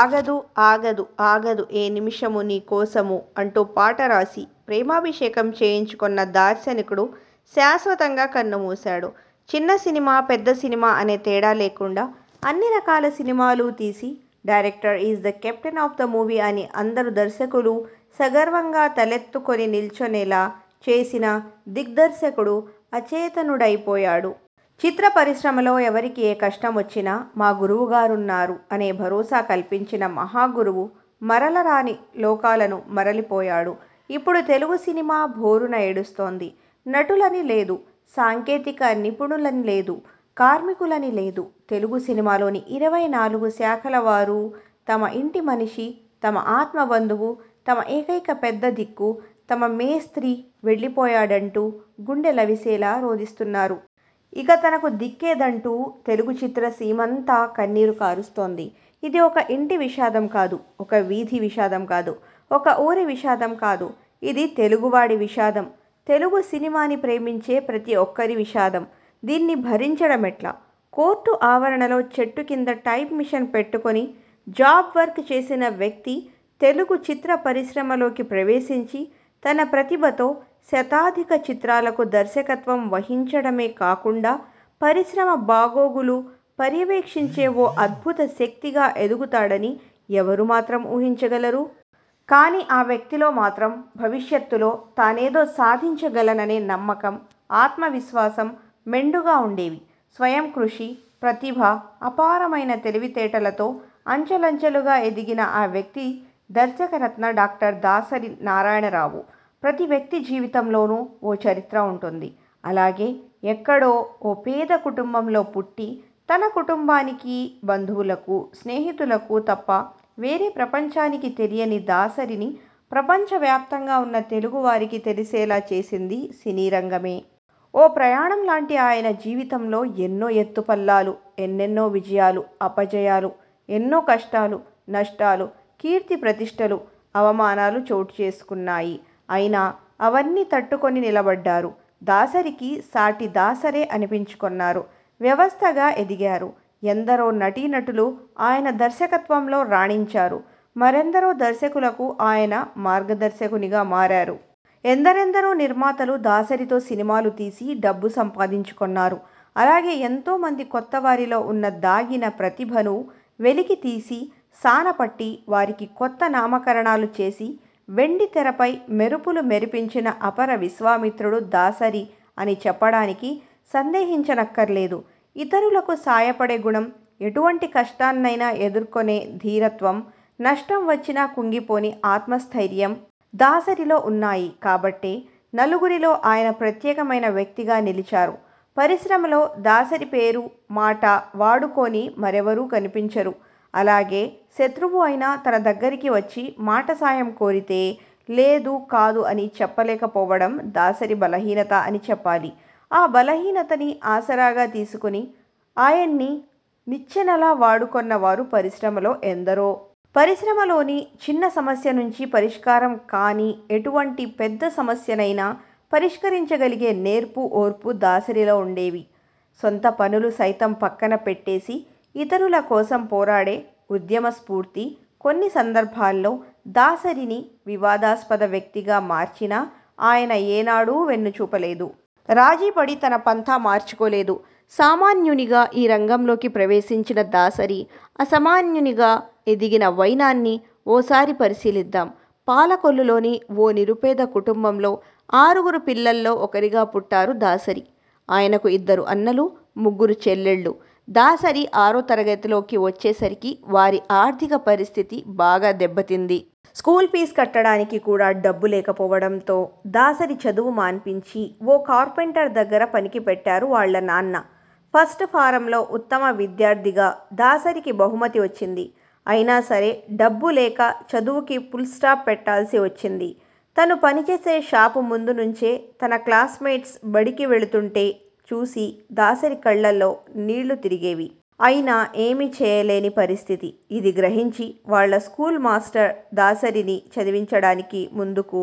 ఆగదు.. ఆగదు.. ఆగదు ఏ నిమిషము నీ కోసమూ.. ' అంటూ పాట రాసి, 'ప్రేమాభిషేకం' చేయించుకొన్న దార్శనికుడు శాశ్వతంగా కన్నుమూశాడు. చిన్న సినిమా, పెద్ద సినిమా అనే తేడా లేకుండా అన్ని రకాల సినిమాలూ తీసి, 'director is the captain of the movie' అని అందరు దర్శకులూ సగర్వంగా తలెత్తుకొని నిల్చొనేలా చేసిన దిగ్దర్శకుడు అచేతనుడైపోయాడు. చిత్ర పరిశ్రమలో ఎవరికి ఏ కష్టమొచ్చినా 'మా గురువుగారున్నారు' అనే భరోసా కల్పించిన మహాగురువు మరల రాని లోకాలను మరలిపోయాడు. ఇప్పుడు తెలుగు సినిమా భోరున ఏడుస్తోంది. నటులని లేదు, సాంకేతిక నిపుణులని లేదు, కార్మికులని లేదు.. తెలుగు సినిమాలోని ఇరవై నాలుగు శాఖల వారూ తమ ఇంటి మనిషి, తమ ఆత్మబంధువు, తమ ఏకైక పెద్ద దిక్కు, తమ 'మేస్త్రీ' వెళ్లిపోయాడంటూ గుండెలవిసేలా రోదిస్తున్నారు. ఇక తనకు దిక్కేదంటూ తెలుగు చిత్రసీమంతా కన్నీరు కారుస్తోంది. ఇది ఒక ఇంటి విషాదం కాదు.. ఒక వీధి విషాదం కాదు.. ఒక ఊరి విషాదం కాదు.. ఇది తెలుగువాడి విషాదం. తెలుగు సినిమాని ప్రేమించే ప్రతి ఒక్కరి విషాదం.. దీన్ని భరించడమెట్లాకోర్టు ఆవరణలో చెట్టు కింద టైప్ మిషన్ పెట్టుకొని జాబ్ వర్క్ చేసిన వ్యక్తి తెలుగు చిత్రపరిశ్రమలోకి ప్రవేశించి తన ప్రతిభతో శతాధిక చిత్రాలకు దర్శకత్వం వహించడమే కాకుండా పరిశ్రమ బాగోగులు పర్యవేక్షించే ఓ అద్భుత శక్తిగా ఎదుగుతాడని ఎవరు మాత్రం ఊహించగలరు? కానీ ఆ వ్యక్తిలో మాత్రం భవిష్యత్తులో తానేదో సాధించగలననే నమ్మకం, ఆత్మవిశ్వాసం మెండుగా ఉండేవి. స్వయంకృషి, ప్రతిభ, అపారమైన తెలివితేటలతో అంచలంచెలుగా ఎదిగిన ఆ వ్యక్తి దర్శకరత్న డాక్టర్ దాసరి నారాయణరావు. ప్రతి వ్యక్తి జీవితంలోనూ ఓ చరిత్ర ఉంటుంది. అలాగే ఎక్కడో ఓ పేద కుటుంబంలో పుట్టి తన కుటుంబానికీ, బంధువులకు, స్నేహితులకు తప్ప వేరే ప్రపంచానికి తెలియని దాసరిని ప్రపంచవ్యాప్తంగా ఉన్న తెలుగు వారికి తెలిసేలా చేసింది సినీరంగమే. ఓ ప్రయాణంలాంటి ఆయన జీవితంలో ఎన్నో ఎత్తుపల్లాలు, ఎన్నెన్నో విజయాలు, అపజయాలు, ఎన్నో కష్టాలు, నష్టాలు, కీర్తిప్రతిష్టలు, అవమానాలు చోటుచేసుకొన్నాయి. అయినా అవన్నీ తట్టుకొని నిలబడ్డారు. దాసరికి సాటి దాసరే అనిపించుకొన్నారు. వ్యవస్థగా ఎదిగారు. ఎందరో నటీనటులు ఆయన దర్శకత్వంలో రాణించారు. మరెందరో దర్శకులకు ఆయన మార్గధర్శకునిగా మారారు. ఎందరెందరో నిర్మాతలు దాసరితో సినిమాలు తీసి డబ్బు సంపాదించుకొన్నారు. అలాగే ఎంతోమంది కొత్తవారిలో ఉన్న దాగిన ప్రతిభను వెలికి తీసి, సాన పట్టి వారికి కొత్త నామకరణాలు చేసి, వెండితెరపై మెరుపులు మెరిపించిన అపర విశ్వామిత్రుడు దాసరి అని చెప్పడానికి సందేహించనక్కర్లేదు. ఇతరులకు సాయపడే గుణం, ఎటువంటి కష్టాన్నయినా ఎదుర్కొనే ధీరత్వం, నష్టం వచ్చిన కుంగిపోని ఆత్మస్థైర్యం.. దాసరిలో ఉన్నాయి కాబట్టే నలుగురిలో ఆయన ప్రత్యేకమైన వ్యక్తిగా నిలిచారు. పరిశ్రమలో దాసరి పేరు, మాట వాడుకోని మారెవరూ కనిపించరు. అలాగే శత్రువు అయినా తన దగ్గరికి వచ్చి మాట సాయం కోరితే 'లేదు.. కాదు' అని చెప్పలేకపోవడం దాసరి బలహీనత అని చెప్పాలి. ఆ బలహీనతని ఆసరాగా తీసుకొని ఆయన్ని నిచ్చెనలా వాడుకొన్న వారు పరిశ్రమలో ఎందరో! పరిశ్రమలోని చిన్న సమస్య నుంచి పరిష్కారం కానీ ఎటువంటి పెద్ద సమస్యనైనా పరిష్కరించగలిగే నేర్పు, ఓర్పు దాసరిలో ఉండేవి. సొంత పనులు సైతం పక్కన పెట్టేసి ఇతరుల కోసం పోరాడే ఉద్యమస్పూర్తి కొన్ని సందర్భాల్లో దాసరిని వివాదాస్పద వ్యక్తిగా మార్చినా ఆయన ఏనాడూ వెన్ను చూపలేదు. రాజీపడి తన పంథా మార్చుకోలేదు. సామాన్యునిగా ఈ రంగంలోకి ప్రవేశించిన దాసరి అసమాన్యునిగా ఎదిగిన వైనాన్ని ఓ సారి పరిశీలిద్దాం. పాలకొల్లులోని ఓ నిరుపేద కుటుంబంలో ఆరుగురు పిల్లల్లో ఒకరిగా పుట్టారు దాసరి. ఆయనకు ఇద్దరు అన్నలు, ముగ్గురు చెల్లెళ్లు. దాసరి ఆరో తరగతిలోకి వచ్చేసరికి వారి ఆర్థిక పరిస్థితి బాగా దెబ్బతింది. స్కూల్ ఫీజు కట్టడానికి కూడా డబ్బు లేకపోవడంతో దాసరి చదువు మాన్పించి ఓ కార్పెంటర్ దగ్గర పనికి పెట్టారు వాళ్ల నాన్న. ఫస్ట్ ఫారం లో ఉత్తమ విద్యార్థిగా దాసరికి బహుమతి వచ్చింది. అయినాసరే డబ్బు లేక చదువుకి పుల్స్టాప్ పెట్టాల్సి వచ్చింది. తను పనిచేసే షాపు ముందు నుంచే తన క్లాస్మేట్స్ బడికి వెళుతుంటే చూసి దాసరి కళ్లలో నీళ్లు తిరిగేవి. అయినా ఏమీ చేయలేని పరిస్థితి. ఇది గ్రహించి వాళ్ల స్కూల్ మాస్టర్ దాసరిని చదివించడానికి ముందుకు